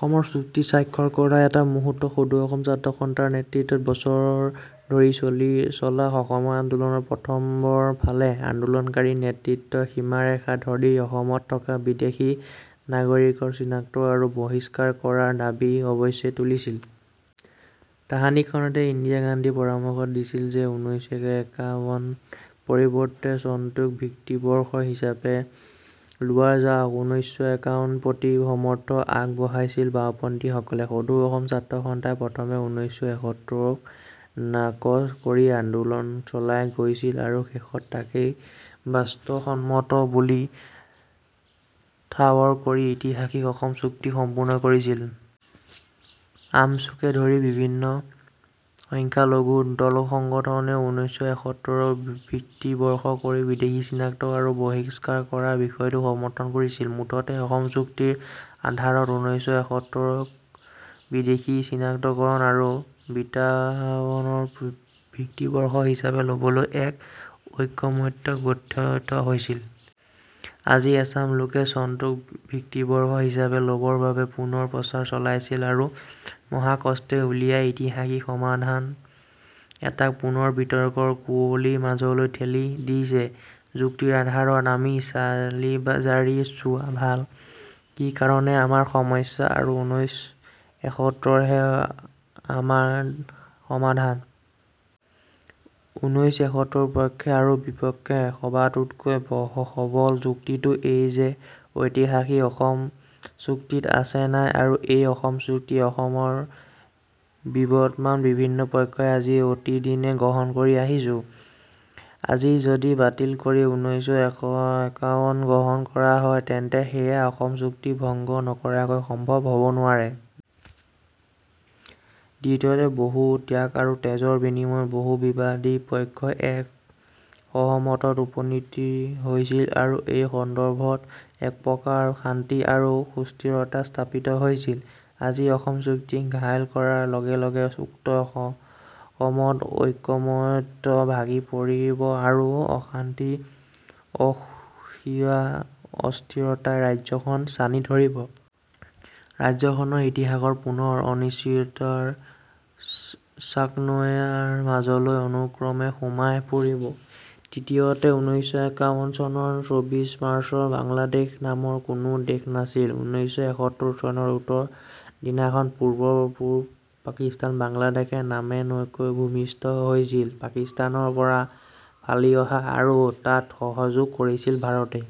অসম চুক্তি স্বাক্ষৰ কৰা এটা মুহূৰ্ত সদৌ অসম ছাত্ৰ সন্থাৰ নেতৃত্বত ছবছৰ ধৰি চলা অসম আন্দোলনৰ প্ৰথমৰ ফালে আন্দোলনকাৰী নেতৃত্বই সীমাৰেখা ধৰি অসমত থকা বিদেশী নাগৰিকক চিনাক্ত আৰু বহিষ্কাৰ কৰাৰ দাবী অৱশ্যেই তুলিছিল। তাহানিখনতে ইন্দিৰা গান্ধীয়ে পৰামৰ্শ দিছিল যে উনৈশএকাৱন্ন পৰিৱৰ্তে চনটোক ভিত্তিবৰ্ষ হিচাপে লোৱা যাওক । উনৈশএকাৱন্ন প্ৰতি সমৰ্থন আগ বঢ়াইছিল বাওঁপন্থীসকলেও। সদৌ অসম ছাত্ৰ সন্থাই প্ৰথমে উনৈশ এসত্তৰক নাকচ কৰি আন্দোলন চলাই গৈছিল আৰু শেষত তাকেই বাস্তৱসন্মত বুলি ঠাৱৰ কৰি ঐতিহাসিক অসম চুক্তি সম্পন্ন কৰিছিল। আমছুকে ধৰি বিভিন্ন সংখ্যালঘু দলসংগঠনেও উনৈশ এসত্তৰক ভিত্তিবৰ্ষ কৰি বিদেশী চিনাক্ত আৰু বহিষ্কাৰ কৰাৰ বিষয়টোক সমৰ্থন কৰিছিল। মুঠতে অসম চুক্তিৰ আধাৰত উনৈশ এসত্তৰক বিদেশী চিনাক্তকৰণ আৰু বিতাড়নৰ ভিত্তিবৰ্ষ হিচাপে লবলৈ এক ঐকমত্য গঠিত হৈছিল। আজি এচাম লোকে চনটোক ভিত্তিবৰ্ষ হিচাপে লবৰ বাবে পুনৰ প্ৰচাৰ চলাইছে আৰু মহাকষ্টে উলিওৱা ঐতিহাসিক সমাধান এটাক পুনৰ বিতৰ্কৰ কুঁৱলীৰ মাজলৈ ঠেলি দিছে। যুক্তিৰ আধাৰত আমি চালিজাৰি চোৱা ভাল, কি কাৰণে আমাৰ সমস্যা আৰু উনৈশ এসত্তৰহে আমাৰ সমাধান। উনৈশ এসত্তৰৰ পক্ষে আৰু বিপক্ষে সবাতোকৈ সবল যুক্তিটো এই যে ঐতিহাসিক অসম চুক্তিত আছে নাই আৰু এই অসম চুক্তিক অসমৰ বিবদমান বিভিন্ন পক্ষই আজি অতদিনে গ্ৰহণ কৰি আহিছে। আজি যদি বাতিল কৰি উনৈশএকাৱন্ন গ্ৰহণ কৰা হয় তেন্তে সেয়া অসম চুক্তি ভংগ নকৰাকৈ সম্ভৱ হব নোৱাৰে। দ্বিতীয়তে বহু ত্যাগ আৰু তেজৰ বিনিময়ত বহু বিবাদী পক্ষই এক সহমতত উপনীত হৈছিল আৰু এই সন্দৰ্ভত একপ্ৰকাৰ শান্তি আৰু সুস্থিৰতা স্থাপিত হৈছিল। আজি অসম চুক্তিক ঘাইল কৰাৰ লগে লগে উক্ত সহমত ঐকমত্য ভাগি পৰিব আৰু অশান্তি অসূয়া অস্থিৰতাই ৰাজ্যখন ছানি ধৰিব । ৰাজ্যখনৰ ইতিহাস পুনৰ অনিশ্চয়তাৰ চাকনৈয়াৰ মাজলৈ অনুক্ৰমে সোমাই পৰিব। তৃতীয়তে উনৈশএকাৱন্ন চনৰ চৌবিশ মাৰ্চলৈ বাংলাদেশ নামৰ কোনো দেশ নাছিল। উনৈশ এসত্তৰ চনৰ উক্ত দিনাখন পূৰ্বৰ পূব পাকিস্তান বাংলাদেশ নামে নকৈ ভূমিষ্ঠ হৈছিল, পাকিস্তানৰ পৰা ফালি আহি আৰু তাত সহযোগ কৰিছিল ভাৰতে।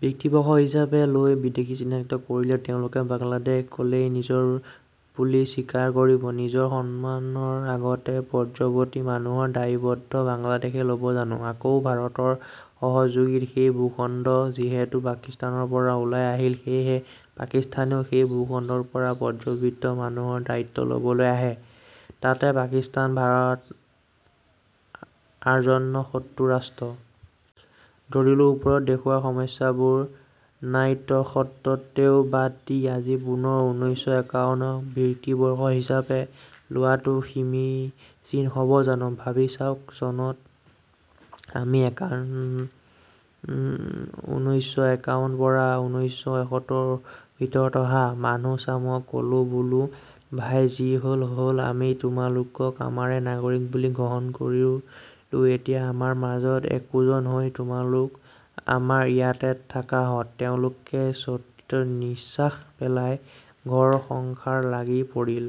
ভিত্তিবৰ্ষ হিচাপে লৈ বিদেশী চিনাক্ত কৰিলে তেওঁলোকক বাংলাদেশে কেলেই নিজৰ বুলি স্বীকাৰ কৰিব। নিজৰ জন্মৰ আগতে প্ৰব্ৰজিত মানুহৰ দায়িত্ব বাংলাদেশে লব জানো ।আকৌ ভাৰতৰ সহযোগত সেই ভূখণ্ড যিহেতু পাকিস্তানৰ পৰা ওলাই আহিল সেয়েহে পাকিস্তানেও সেই ভূখণ্ডৰ পৰা প্ৰব্ৰজিত মানুহৰ দায়িত্ব লবলৈ নাহে, তাতে পাকিস্তান ভাৰতৰ আজন্ম শত্ৰু ৰাষ্ট্ৰ। ধৰি ললোঁ ওপৰত দেখুওৱা সমস্যাবোৰ নাইতৎসত্ত্বেও বাদ দি আজি পুনৰ উনৈশএকাৱন্নক ভিত্তিবৰ্ষ হিচাপে লোৱাটো সমীচীন হব জানো, ভাবি চাওক চনত আমি উনৈশএকাৱন্ন পৰা উনৈশ এসত্তৰৰ ভিতৰত অহা মানুহচামক কলোঁ বোলোঁ ভাই যি হল হ'ল আমি তোমালোকক আমাৰে নাগৰিক বুলি গ্ৰহণ কৰিলোঁ এতিয়া আমাৰ মাজৰে একোজন হৈ তোমালোক আমাৰ ইয়াতে থাকাহঁক, তেওঁলোকেও স্বস্তিৰ নিশ্বাস পেলাই ঘৰসংসাৰত লাগি পৰিল।